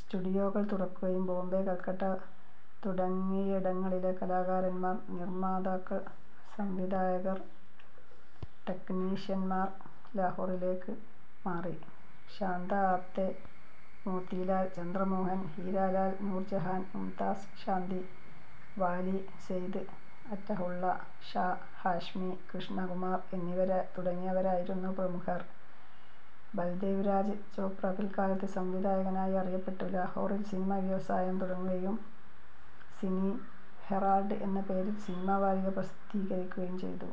സ്റ്റുഡിയോകൾ തുറക്കുകയും ബോംബെ, കൽക്കട്ട തുടങ്ങിയിടങ്ങളിലെ കലാകാരന്മാർ, നിർമാതാക്കൾ, സംവിധായകർ, ടെക്നീഷ്യന്മാർ ലാഹോറിലേക്കു മാറി. ശാന്ത ആപ്തെ, മോത്തിലാൽ, ചന്ദ്ര മോഹൻ, ഹീരാലാൽ, നൂർ ജഹാൻ, മുംതാസ് ശാന്തി, വാലി, സയ്ദ് അറ്റഹുള്ള ഷാ ഹാഷ്മി, കൃഷ്ണ കുമാർ തുടങ്ങിയവരായിരുന്നു പ്രമുഖർ. ബൽദേവ് രാജ് ചോപ്ര, പിൽകാലത്ത് സംവിധായകനായി അറിയപ്പെട്ടു, ലാഹോറിൽ സിനിമ വ്യവസായം തുടങ്ങുകയും സിനി ഹെറാൾഡ് എന്ന പേരിൽ സിനിമാവാരിക പ്രസിദ്ധീകരിക്കുകയും ചെയ്തു.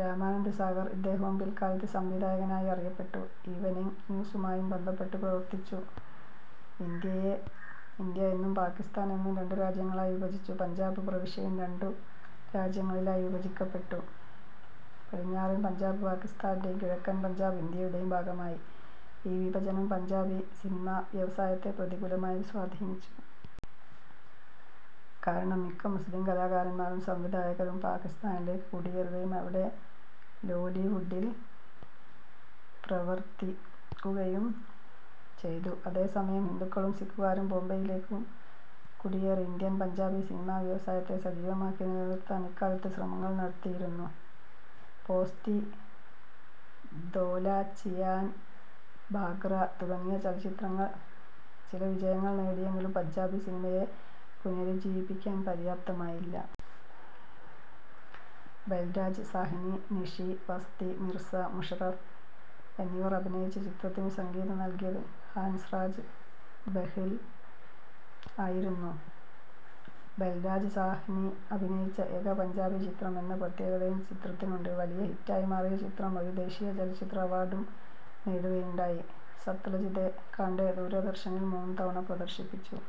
രാമാനന്ദ് സാഗർ, ഇദ്ദേഹവും പിൽകാലത്ത് സംവിധായകനായി അറിയപ്പെട്ടു, ഈവെനിംഗ് ന്യൂസുമായും ബന്ധപ്പെട്ടു പ്രവർത്തിച്ചു. ഇന്ത്യയെ ഇന്ത്യ എന്നും പാകിസ്താൻ എന്നും രണ്ടു രാജ്യങ്ങളായി വിഭജിച്ചു. പഞ്ചാബ് പ്രവിശ്യയും രണ്ടു രാജ്യങ്ങളിലായി വിഭജിക്കപ്പെട്ടു. പടിഞ്ഞാറൻ പഞ്ചാബ് പാകിസ്താന്റെയും കിഴക്കൻ പഞ്ചാബ് ഇന്ത്യയുടേയും ഭാഗമായി. ഈ വിഭജനം പഞ്ചാബി സിനിമാവ്യവസായത്തെ പ്രതികൂലമായി സ്വാധീനിച്ചു. കാരണം മിക്ക മുസ്ലിം കലാകാരന്മാരും സംവിധായകരും പാകിസ്താനിലേക്ക് കുടിയേറുകയും അവിടെ ലോലിവുഡിൽ പ്രവർത്തിക്കുകയും ചെയ്തു. അതേ സമയം ഹിന്ദുക്കളും സിഖുകാരും ബോംബൈയിലേക്കും കുടിയേറി. ഇന്ത്യൻ പഞ്ചാബി സിനിമാവ്യവസായത്തെ സജീവമാക്കി നിലനിർത്താൻ ഇക്കാലത്തു ശ്രമങ്ങൾ നടത്തിയിരുന്നു. പോസ്റ്റി, ദോ ലാച്ചിയാൻ, ഭാംഗ്റ തുടങ്ങിയ ചലച്ചിത്രങ്ങൾ ചില വിജയങ്ങൾ നേടിയെങ്കിലും പഞ്ചാബി സിനിമയെ പുനരുജ്ജീവിപ്പിക്കാൻ പര്യാപ്തമായില്ല. ബൽരാജ് സാഹ്നി, നിഷി, വസ്തി, മിർസ മുഷറഫ് എന്നിവർ അഭിനയിച്ച ചിത്രത്തിന് സംഗീതം നൽകിയത് ഹാൻസ്രാജ് ബെഹ്ൽ ആയിരുന്നു. ബൽരാജ് സാഹ്നി അഭിനയിച്ച ഏക പഞ്ചാബി ചിത്രം എന്ന പ്രത്യേകതയും ചിത്രത്തിനുണ്ട്. വലിയ ഹിറ്റായി മാറിയ ചിത്രം ഒരു ദേശീയ ചലച്ചിത്ര അവാർഡും നേടുകയുണ്ടായി. സത്ലജ് ദെ കാണ്ടേ ദൂരദർശനിൽ മൂന്നു തവണ പ്രദർശിപ്പിച്ചു.